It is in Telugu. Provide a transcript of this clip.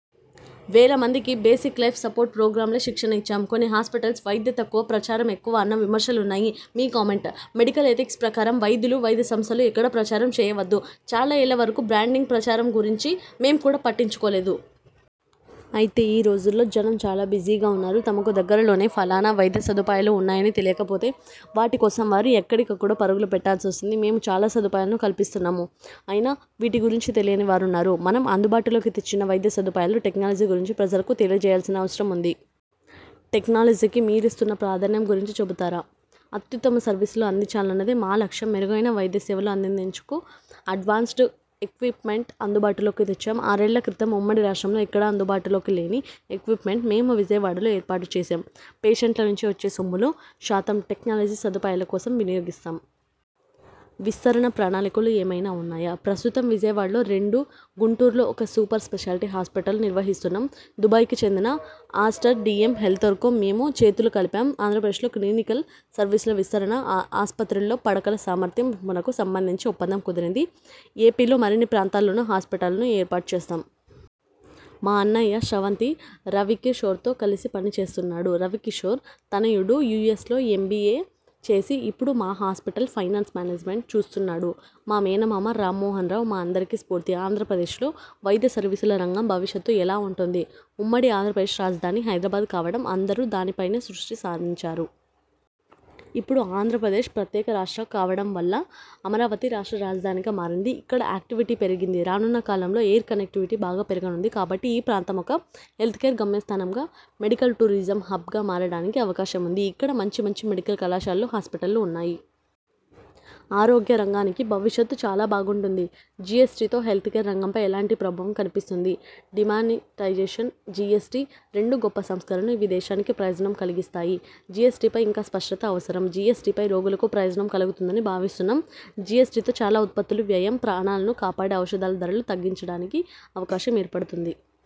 వేల మందికి బేసిక్ లైఫ్ సపోర్ట్ ప్రోగ్రామ్లు శిక్షణ ఇచ్చాం. కొన్ని హాస్పిటల్స్ వైద్యం తక్కువ ప్రచారం ఎక్కువ అన్న విమర్శలున్నాయి మీ కామెంట్? మెడికల్ ఎథిక్స్ ప్రకారం వైద్యులు, వైద్య సంస్థలు ఎక్కడ ప్రచారం చేయవద్దు. చాలా ఏళ్ల వరకు బ్రాండింగ్, ప్రచారం గురించి మేం కూడా పట్టించుకోలేదు. అయితే ఈ రోజుల్లో జనం చాలా బిజీగా ఉన్నారు. తమకు దగ్గరలోనే ఫలానా వైద్య సదుపాయాలు ఉన్నాయని తెలియకపోతే వాటి కోసం వారు ఎక్కడికో పరుగులు పెట్టాల్సి వస్తుంది. మేము చాలా సదుపాయాలను కల్పిస్తున్నాం. అయినా వీటి గురించి తెలియని వారున్నారు. మనం అందుబాటులోకి తెచ్చిన వైద్య సదుపాయాలు, టెక్నాలజీ గురించి ప్రజలకు తెలియజేయాల్సిన అవసరం ఉంది. టెక్నాలజీకి మీరిస్తున్న ప్రాధాన్యం గురించి చెబుతారా? అత్యుత్తమ సర్వీసులు అందించాలన్నదే మా లక్ష్యం. మెరుగైన వైద్య సేవలు అందించేందుకు అడ్వాన్స్డ్ ఎక్విప్మెంట్ అందుబాటులోకి తెచ్చాం. ఆరేళ్ల క్రితం ఉమ్మడి రాష్ట్రంలో ఎక్కడా అందుబాటులో లేని ఎక్విప్మెంట్ను మేము విజయవాడలో ఏర్పాటు చేశాం. పేషెంట్ల నుంచి వచ్చే సొమ్ములో శాతం టెక్నాలజీ, సదుపాయాల కోసం వినియోగిస్తున్నాం. విస్తరణ ప్రణాళికలు ఏమైనా ఉన్నాయా? ప్రస్తుతం విజయవాడలో రెండు, గుంటూరులో ఒక సూపర్ స్పెషాలిటీ హాస్పిటల్ను నిర్వహిస్తున్నాం. దుబాయ్కి చెందిన ఆస్టర్ డిఎం హెల్త్కేర్తో మేము చేతులు కలిపాం. ఆంధ్రప్రదేశ్లో క్లినికల్ సర్వీసుల విస్తరణ, ఆస్పత్రుల్లో పడకల సామర్థ్యం పెంపునకు సంబంధించి ఒప్పందం కుదిరింది. ఎపిలో మరిన్ని ప్రాంతాల్లోనూ హాస్పిటల్స్ను ఏర్పాటు చేస్తాం. మా అన్నయ్య స్రవంతి రవికిశోర్తో కలిసి పని చేస్తున్నాడు. రవికిషోర్ తనయుడు యుఎ్సలో ఎంబిఎ చేసి ఇప్పుడు మా హాస్పిటల్ ఫైనాన్స్ మేనేజ్మెంట్ చూస్తున్నాడు. మా మేనమామ రామ్మోహన్రావు మా అందరికీ స్ఫూర్తి. ఆంధ్రప్రదేశ్లో వైద్య సర్వీసుల రంగం భవిష్యత్తు ఎలా ఉంటుంది? ఉమ్మడి ఆంధ్రప్రదేశ్ రాజధాని హైదరాబాద్ కావడం అందరూ దానిపైనే దృష్టిసారించారు. ఇప్పుడు ఆంధ్రప్రదేశ్ ప్రత్యేక రాష్ట్రం కావడం వల్ల అమరావతి రాష్ట్ర రాజధానిగా మారింది. ఇక్కడ యాక్టివిటీ పెరిగింది. రానున్న కాలంలో ఎయిర్ కనెక్టివిటీ బాగా పెరగనుంది. కాబట్టి ఈ ప్రాంతం ఒక హెల్త్కేర్ గమ్యస్థానంగా మెడికల్ టూరిజం హబ్గా మారడానికి అవకాశం ఉంది. ఇక్కడ మంచిమంచి మెడికల్ కళాశాలలు, హాస్పిటళ్లు ఉన్నాయి. ఆరోగ్య రంగానికి భవిష్యత్ చాలా బాగుంటుంది. జిఎస్టితో హెల్త్కేర్ రంగంపై ఎలాంటి ప్రభావం కనిపిస్తోంది? డీమానిటైజేషన్, జిఎ్సటి రెండూ గొప్ప సంస్కరణలు. ఇవి దేశానికి ప్రయోజనం కలిగిస్తాయి. జిఎ్సటిపై ఇంకా స్పష్టత అవసరం. జిఎ్సటితో రోగులకు ప్రయోజనం కలుగుతుందని భావిస్తున్నాం. జిఎ్సటితో చాలా ఉత్పత్తుల వ్యయం, ప్రాణాలను కాపాడే ఔషధాల ధరలు తగ్గడానికి అవకాశం ఏర్పడుతుంది.